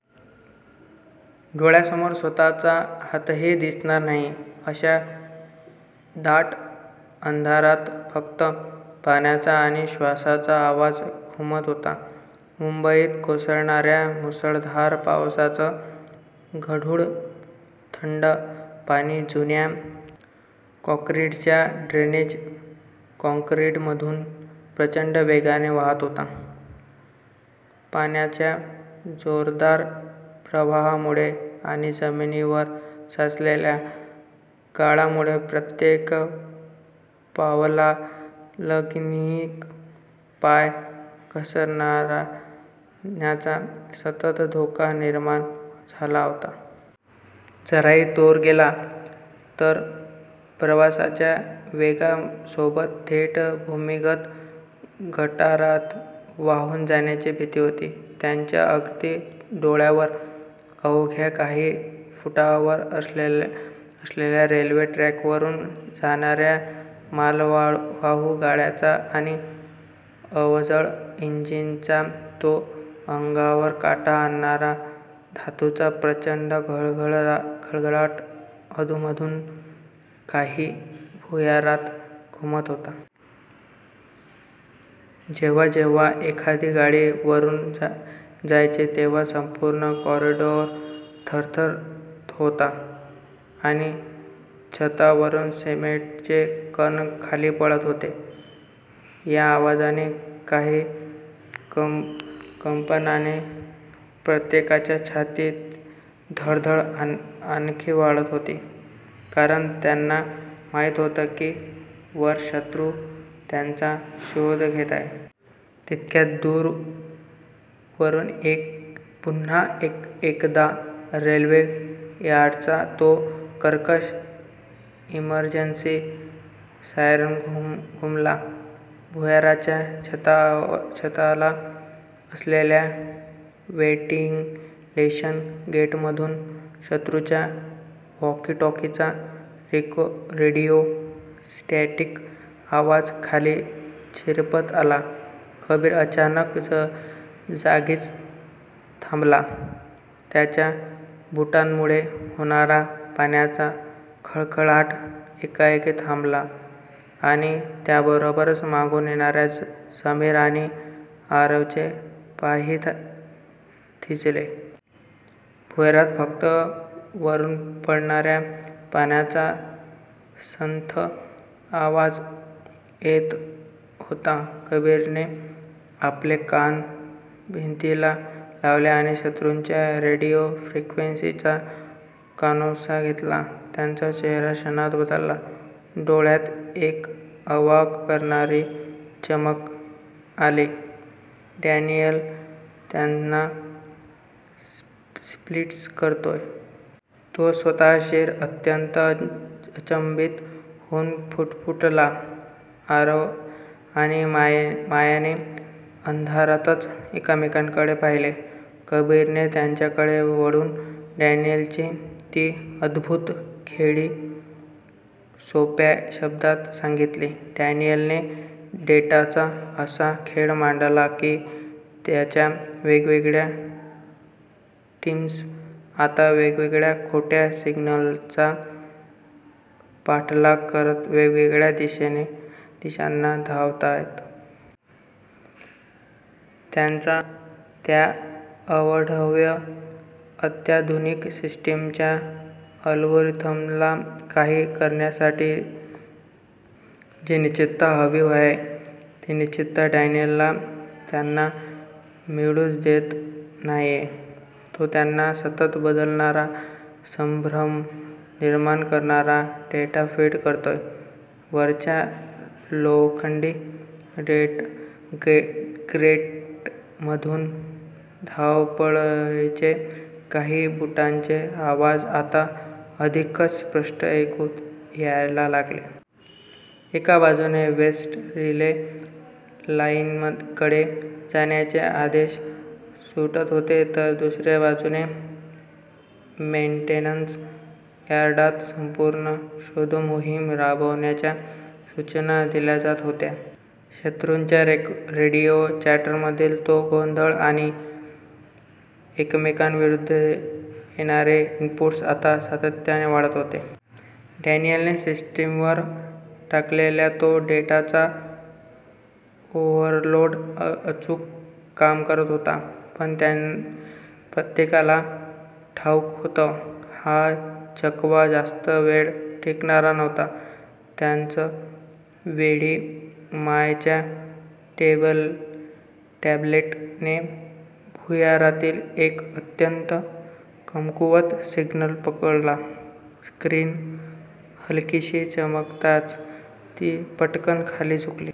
डोळ्यांसमोर स्वतःचा हातही दिसणार नाही अशा दाट अंधारात फक्त पाण्याचा आणि श्वासांचा आवाज घुमत होता. मुंबईत कोसळणाऱ्या मुसळधार पावसाचं गढूळ, थंड पाणी जुन्या काँक्रीटच्या ड्रेनेज कॉरिडॉरमधून प्रचंड वेगाने वाहत होतं. पाण्याच्या जोरदार प्रवाहामुळे आणि जमिनीवर साचलेल्या गाळामुळे प्रत्येक पावलागणिक पाय घसरण्याचा सतत धोका निर्माण झाला होता. जराही तोल गेला, तर प्रवाहाच्या वेगासोबत थेट भूमिगत गटारात वाहून जाण्याची भीती होती. त्यांच्या अगदी डोक्यावर, अवघ्या काही फुटांवर असलेल्या रेल्वे ट्रॅकवरून जाणाऱ्या मालवाहू गाड्यांचा आणि अवजड इंजिनांचा तो अंगावर काटा आणणारा धातूचा प्रचंड गडगडाट अधूनमधून खाली भुयारात घुमत होता. जेव्हा जेव्हा एखादी गाडी वरून जायची, तेव्हा संपूर्ण कॉरिडॉर थरथरत होता आणि छतावरून सिमेंटचे कण खाली पडत होते. या आवाजाने आणि कंपनाने प्रत्येकाच्या छातीची धडधड आणखी वाढवत होती; कारण त्यांना माहीत होतं की वर शत्रू त्यांचा शोध घेत आहे. तितक्यात, दूर वरून पुन्हा एकदा रेल्वे यार्डाचा तो कर्कश इमर्जन्सी सायरन घुमला. भुयाराच्या छताला असलेल्या व्हेंटिलेशन ग्रेटमधून शत्रूच्या वॉकी-टॉकीचा रेडिओ स्टॅटिक आवाज खाली झिरपत आला, कबीर अचानक जागीच थांबला. त्याच्या बुटांमुळे होणारा पाण्याचा खळखळाट एकाएकी थांबला आणि त्याबरोबरच मागून येणाऱ्या समीर आणि आरवचे पायही थिजले. भुयारात फक्त वरून पडणाऱ्या पाण्याचा संथ आवाज येत होता. कबीरने आपले कान भिंतीला लावले आणि शत्रूच्या रेडिओ फ्रिक्वेन्सीचा कानोसा घेतला. त्याचा चेहरा क्षणात बदलला, डोळ्यांत एक अवाक करणारी चमक आली. "डॅनियल त्यांना स्प्लिट करतोय. " तो स्वतःशीच, अत्यंत अचंबित होऊन पुटपुटला. आरव आणि मायाने अंधारातच एकमेकांकडे पाहिले. कबीरने त्यांच्याकडे वळून डॅनियलची ती अद्भूत खेळी सोप्या शब्दांत सांगितली, "डॅनियलने डेटाचा असा खेळ मांडलाय की त्यांच्या वेगवेगळ्या टीम्स आता वेगवेगळ्या खोट्या सिग्नल्सचा पाठलाग करत वेगवेगळ्या दिशांना धावतायत. त्यांच्या त्या अवाढव्य, अत्याधुनिक सिस्टीमच्या अल्गोरिदमला काम करण्यासाठी जी 'निश्चितता' हवी आहे. ती निश्चितता डॅनियल त्यांना मिळूच देत नाहीये. तो त्यांना सतत बदलणारा, संभ्रम निर्माण करणारा डेटा फीड करतोय." वरच्या लोखंडी ग्रेटमधून धावपळीचे आणि बुटांचे आवाज आता अधिकच स्पष्ट ऐकू यायला लागले. एका बाजूने वेस्ट रिले लाईनकडे जाण्याचे आदेश सुटत होते, तर दुसऱ्या बाजूने मेन्टेनन्स यार्डात संपूर्ण शोधमोहीम राबवण्याच्या सूचना दिल्या जात होत्या. शत्रूच्या रेडिओ चॅटरमधील तो गोंधळ आणि एकमेकांविरोधी येणारे इनपुट्स आता सातत्याने वाढत होते. डॅनियलने सिस्टीमवर टाकलेला तो डेटाचा ओव्हरलोड अचूक काम करत होता. पण प्रत्येकाला ठाऊक होतं. हा चकवा जास्त वेळ टिकणारा नव्हता. त्याच वेळी मायाच्या टॅब्लेटने भुयारातील एक अत्यंत कमकुवत सिग्नल पकडला. स्क्रीन हलकीशी चमकताच ती पटकन खाली झुकली.